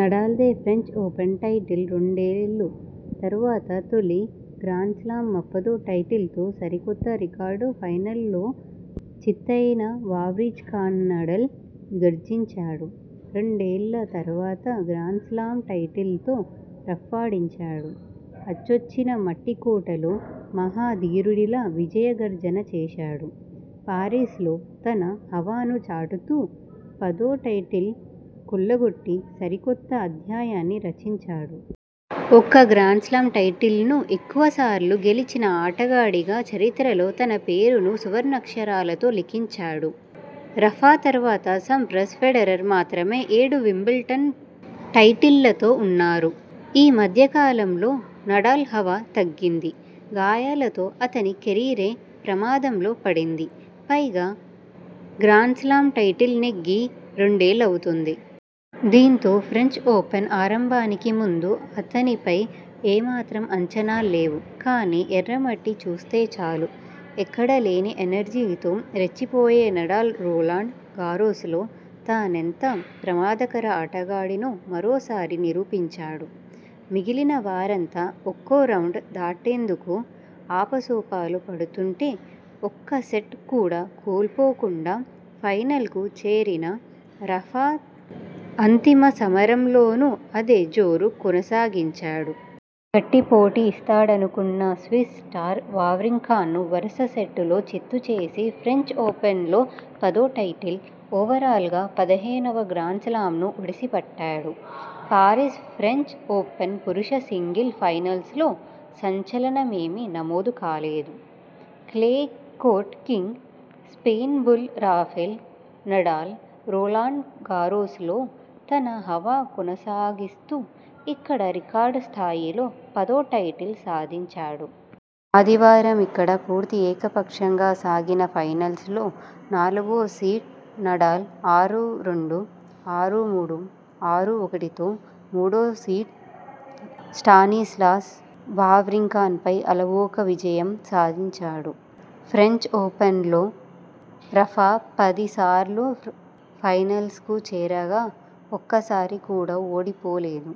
నడాల్దే French Open title రెండేళ్లు తర్వాత తొలి గ్రాండ్స్లా మ్పదో టైటిల్తో సరికొత్త రికార్డు ఫైనల్లో చిత్తయిన వావ్రింకానడాల్ గర్జించాడు! రెండేళ్ల తర్వాత గ్రాండ్స్లామ్ టైటిల్తో రఫ్ఫాడించాడు! అచ్చొచ్చిన మట్టి కోటలో మహా ధీరుడిలా విజయ గర్జన చేశాడు! పారిస్లో తన హవాను చాటుతూ పదో టైటిల్ కొల్లగొట్టి సరికొత్త అధ్యాయాన్ని రచించాడు! ఒక గ్రాండ్స్లామ్ టైటిల్ను ఎక్కువసార్లు గెలిచిన ఆటగాడిగా చరిత్రలో తన పేరును సువర్ణాక్షరాలతో లిఖించాడు! రఫా తర్వాత సంప్రాస్, ఫెడరర్ మాత్రమే ఏడు వింబుల్డన్ టైటిళ్లతో ఉన్నారు. ఈ మధ్యకాలంలో నడాల్ హవా తగ్గింది. గాయాలతో అతని కెరీరే ప్రమాదంలో పడింది. పైగా గ్రాండ్స్లామ్ టైటిల్ నెగ్గి రెండేళ్లవుతోంది. దీంతో ఫ్రెంచ్ ఓపెన్ ఆరంభానికి ముందు అతనిపై ఏమాత్రం అంచనాల్లేవు. కానీ ఎర్రమట్టి చూస్తేచాలు ఎక్కడ లేని ఎనర్జీతో రెచ్చిపోయే నడాల్ రొలాండ్ గారోస్లో తానెంత ప్రమాదకర ఆటగాడినో మరోసారి నిరూపించాడు. మిగిలిన వారంతా ఒక్కోరౌండ్ దాటేందుకు ఆపసోపాలు పడుతుంటే ఒక్క సెట్ కూడా కోల్పోకుండా ఫైనల్కు చేరిన రఫా అంతిమ సమరంలోనూ అదే జోరు కొనసాగించాడు. గట్టి పోటీ ఇస్తాడనుకున్న స్విస్ స్టార్ వావ్రింకాను వరుస సెట్లలో చిత్తు చేసి ఫ్రెంచ్ ఓపెన్లో పదో టైటిల్, ఓవరాల్గా పదిహేనువ గ్రాండ్స్లామ్ను ఒడిసిపట్టాడు. పారిస్ ఫ్రెంచ్ ఓపెన్ పురుషుల సింగిల్స్ ఫైనల్లో సంచలనమేమీ నమోదు కాలేదు. Clay court king, Spain bull Rafael Nadal Roland Garros లో తన హవా కొనసాగిస్తూ ఇక్కడ రికార్డు స్థాయిలో పదో టైటిల్ సాధించాడు. ఆదివారమిక్కడ పూర్తి ఏకపక్షంగా సాగిన ఫైనల్లో నాలుగో సీడ్ నడాల్ ఆరు-రెండు, ఆరు-మూడు, ఆరు-ఒకటితో మూడోసీడ్ స్టానిస్లాస్ వావ్రింకా పై అలవోక విజయం సాధించాడు. ఫ్రెంచ్ ఓపెన్లో రఫా పదిసార్లు ఫైనల్కు చేరగా ఒక్కసారి కూడా ఓడిపోలేదు.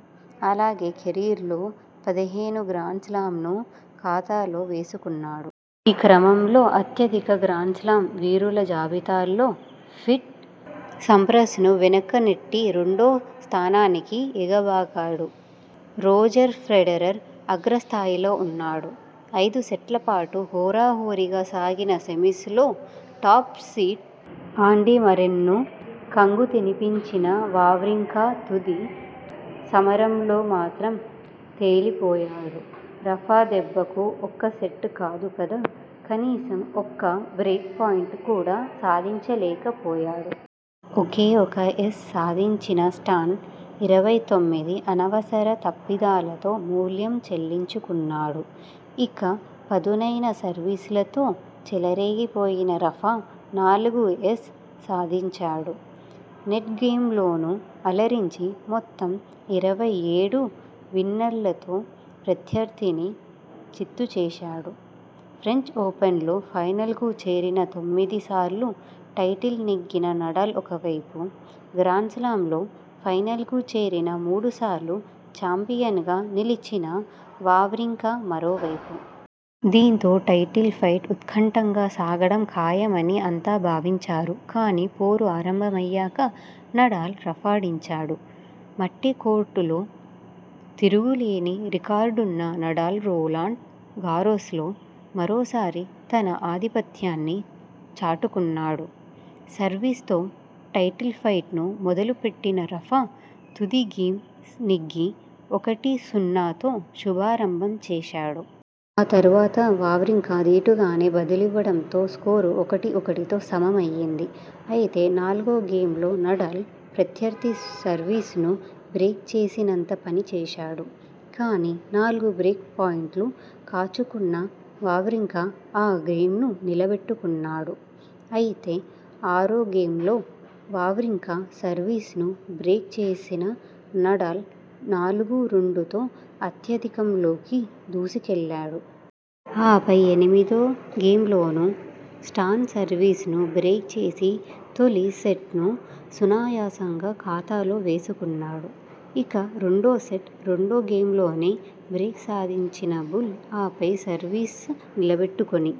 అలాగే కెరీర్లో పదిహేను గ్రాండ్స్లామ్ను ఖాతాలో వేసుకున్నాడు. ఈ క్రమంలో అత్యధిక గ్రాండ్స్లామ్ వీరుల జాబితాలో పీట్ సంప్రాస్ ను వెనక్కునెట్టి రెండో స్థానానికి ఎగబాకాడు. రోజర్ ఫెడరర్ అగ్రస్థానంలో ఉన్నాడు. ఐదుసెట్లపాటు హోరాహోరీగా సాగిన సెమీస్ లో టాప్ సీడ్ ఆండీ మర్రేను కంగుతినిపించిన వావ్రింకా తుది సమరంలో మాత్రం తేలిపోయాడు. రఫా దెబ్బకు ఒక్క సెట్ కాదు కదా కనీసం ఒక్క బ్రేక్ పాయింట్ కూడా సాధించలేక పోయాడు. ఒకే ఒక ఏస్ సంధించిన స్టాన్ ఇరవై తొమ్మిది అనవసర తప్పిదాలతో మూల్యం చెల్లించుకున్నాడు. ఇక పదునైన సర్వీస్లతో చెలరేగిపోయిన రఫా నాలుగు ఏస్లు సంధించాడు. నెట్గేమ్లోనూ అలరించి మొత్తం ఇరవై ఏడు విన్నర్లతో ప్రత్యర్థిని చిత్తు చేశాడు. ఫ్రెంచ్ ఓపెన్లో ఫైనల్కు చేరిన తొమ్మిది సార్లూ టైటిల్ నెగ్గిన నడాల్ ఒకవైపు, గ్రాండ్స్లామ్ల్లో ఫైనల్కు చేరిన మూడు సార్లూ చాంపియన్గా నిలిచిన వావ్రింకా మరోవైపు. దీంతో టైటిల్ ఫైట్ ఉత్కంఠగా సాగడం ఖాయమని అంతా భావించారు. కానీ పోరు ఆరంభమయ్యాక నడాల్ రఫాడించాడు. మట్టి కోర్టులో తిరుగులేని రికార్డున్న నడాల్ రొలాండ్ గారోస లో మరోసారి తన ఆధిపత్యాన్ని చాటుకున్నాడు. సర్వీస్ తో టైటిల్ ఫైట్ను మొదలెట్టిన రఫా తొలిగేమ్ నెగ్గి ఒకటి-సున్నాతో శుభారంభం చేశాడు. ఆ తర్వాత వావ్రింకా దీటుగానే బదులివ్వడంతో స్కోరు ఒకటి-ఒకటితో సమమైంది. అయితే నాలుగో గేమ్లో నడాల్ ప్రత్యర్థి సర్వీస్ ను బ్రేక్ చేసినంత పనిచేశాడు. కానీ నాలుగు బ్రేక్ పాయింట్లు కాచుకున్న వావ్రింకా ఆ గేమ్ను నిలబెట్టుకున్నాడు. అయితే ఆరో గేమ్లో వావ్రింకా సర్వీస్ ను బ్రేక్ చేసిన నడాల్ నాలుగు-రెండుతో ఆధిక్యంలోకి దూసుకెళ్లాడు. ఆపై ఎనిమిదో గేమ్లోనూ స్టాన్ సర్వీస్ ను బ్రేక్ చేసి తొలి సెట్ను సునాయాసంగా ఖాతాలో వేసుకున్నాడు. ఇక రెండో సెట్ రెండో గేమ్లోనే బ్రేక్ సాధించిన బుల్ ఆ పై సర్వీస్ నిలబెట్టుకుని